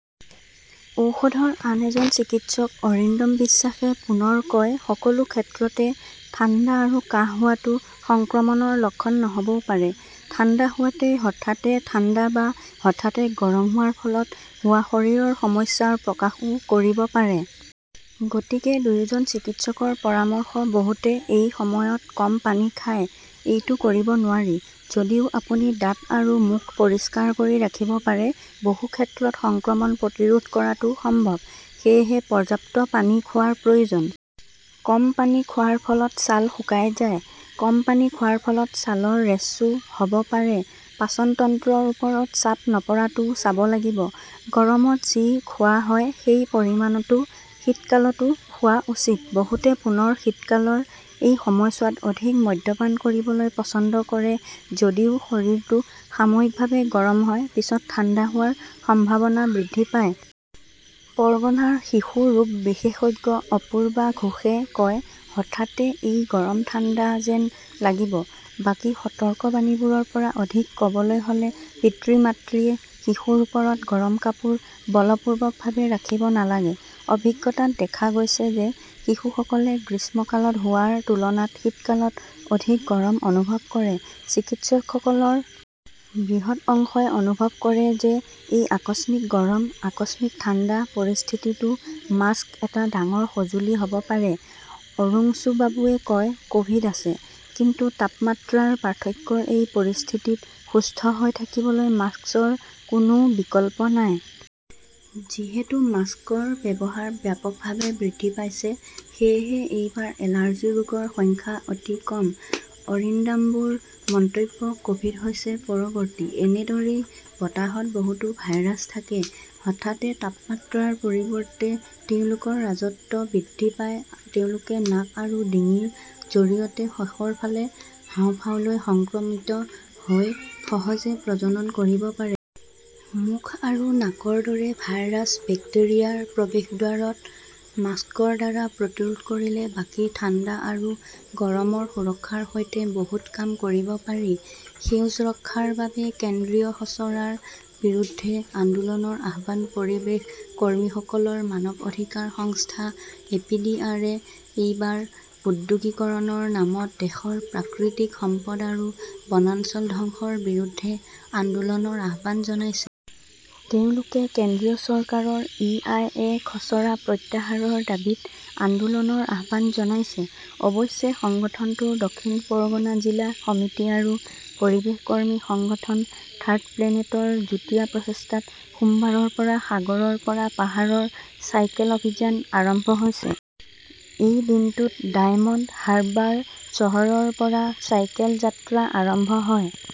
ঔষধৰ আন এজন চিকিৎসক অৰিন্দম বিশ্বাসে পুনৰ কয় সকলো ক্ষেত্ৰতে ঠাণ্ডা আৰু কাহ হোৱাটো সংক্ৰমণৰ লক্ষণ নহ'বও পাৰে। ঠাণ্ডা হোৱাটোৱে হঠাতে ঠাণ্ডা বা হঠাতে গৰম হোৱাৰ ফলত হোৱা শৰীৰৰ সমস্যাৰ প্ৰকাশও কৰিব পাৰে। গতিকে দুয়োজন চিকিৎসকৰ পৰামৰ্শ বহুতে এই সময়ত কম পানী খায়। এইটো কৰিব নোৱাৰি। যদিও আপুনি দাঁত আৰু মুখ পৰিষ্কাৰ কৰি ৰাখিব পাৰে, বহু ক্ষেত্ৰত সংক্ৰমণ প্ৰতিৰোধ কৰাটো সম্ভৱ। সেয়েহে পৰ্যাপ্ত পানী খোৱাৰ প্ৰয়োজন। কম পানী খোৱাৰ ফলত ছাল শুকাই যায়। কম পানী খোৱাৰ ফলত ছালৰ ৰেচও হ'ব পাৰে। পাচন তন্ত্ৰৰ ওপৰত চাপ নপৰাটোও চাব লাগিব। গৰমত যি খোৱা হয় সেই পৰিমাণটো শীতকালতও খোৱা উচিত। বহুতে পুনৰ শীতকালৰ এই সময়ছোৱাত অধিক মদ্যপান কৰিবলৈ পছন্দ কৰে যদিও শৰীৰটো সাময়িকভাৱে গৰম হয় পিছত ঠাণ্ডা হোৱাৰ সম্ভাৱনা বৃদ্ধি পায়। পৰ্গনাৰ শিশু ৰোগ বিশেষজ্ঞ অপূৰ্বা ঘোষে কয়, হঠাতে এই গৰম-ঠাণ্ডা যেন লাগিব। বাকী সতৰ্কবাণীবোৰৰ পৰা অধিক ক'বলৈ হ'লে পিতৃ-মাতৃয়ে শিশুৰ ওপৰত গৰম কাপোৰ বলপূৰ্বকভাৱে ৰাখিব নালাগে। অভিজ্ঞতাত দেখা গৈছে যে শিশুসকলে গ্ৰীষ্মকালত হোৱাৰ তুলনাত শীতকালত অধিক গৰম অনুভৱ কৰে। চিকিৎসকসকলৰ বৃহৎ অংশই অনুভৱ কৰে যে এই আকস্মিক গৰম, আকস্মিক ঠাণ্ডা, পৰিস্থিতিতো মাস্ক এটা ডাঙৰ সঁজুলি হ'ব পাৰে। অৰুংশুবাবুৱে কয়, ক'ভিড আছে। কিন্তু তাপমাত্ৰাৰ পাৰ্থক্যৰ এই পৰিস্থিতিত সুস্থ হৈ থাকিবলৈ মাস্কৰ কোনো বিকল্প নাই। যিহেতু মাস্কৰ ব্যৱহাৰ ব্যাপকভাৱে বৃদ্ধি পাইছে, সেয়েহে এইবাৰ এলাৰ্জি ৰোগৰ সংখ্যা অতি কম। অৰিন্দাম্বুৰ মন্তব্য ক'ভিড হৈছে পৰৱৰ্তী। এনেদৰেই বতাহত বহুতো ভাইৰাছ থাকে। হঠাতে তাপমাত্ৰাৰ পৰিৱৰ্তে তেওঁলোকৰ ৰাজত্ব বৃদ্ধি পায় ,তেওঁলোকে নাক আৰু ডিঙিৰ জৰিয়তে শেষৰ ফালে হাঁওফাঁওলৈ সংক্ৰমিত হৈ সহজে প্ৰজনন কৰিব পাৰে। মুখ আৰু নাকৰ দৰে ভাইৰাছ-বেক্টেৰিয়াৰ প্ৰৱেশদ্বাৰক মাস্কৰ দ্বাৰা প্ৰতিৰোধ কৰিলে বাকী ঠাণ্ডা আৰু গৰমৰ সুৰক্ষাৰ সৈতে বহুত কাম কৰিব পাৰি। সেউজ ৰক্ষাৰ বাবে কেন্দ্ৰীয় খচৰাৰ বিৰুদ্ধে আন্দোলনৰ আহ্বান পৰিৱেশ কৰ্মীসকলৰ মানৱ অধিকাৰ সংস্থা এপিডিআৰে এইবাৰ ঔদ্যোগিকৰণৰ নামত দেশৰ প্ৰাকৃতিক সম্পদ আৰু বনাঞ্চল ধ্বংসৰ বিৰুদ্ধে আন্দোলনৰ আহ্বান জনাইছে। তেওঁলোকে কেন্দ্ৰীয় চৰকাৰৰ ই.আই.এ .খচৰা প্ৰত্যাহাৰৰ দাবীত আন্দোলনৰ আহ্বান জনাইছে। অৱশ্যে সংগঠনটোৰ দক্ষিণ পৰগনা জিলা সমিতি আৰু পৰিৱেশ কৰ্মী সংগঠন থাৰ্ড প্লেনেটৰ যুটীয়া প্ৰচেষ্টাত সোমবাৰৰ পৰা সাগৰৰ পৰা পাহাৰৰ চাইকেল অভিযান আৰম্ভ হৈছে। এই দিনটোত ডায়মণ্ড হাৰ্বাৰ চহৰৰ পৰা চাইকেল যাত্ৰা আৰম্ভ হয়।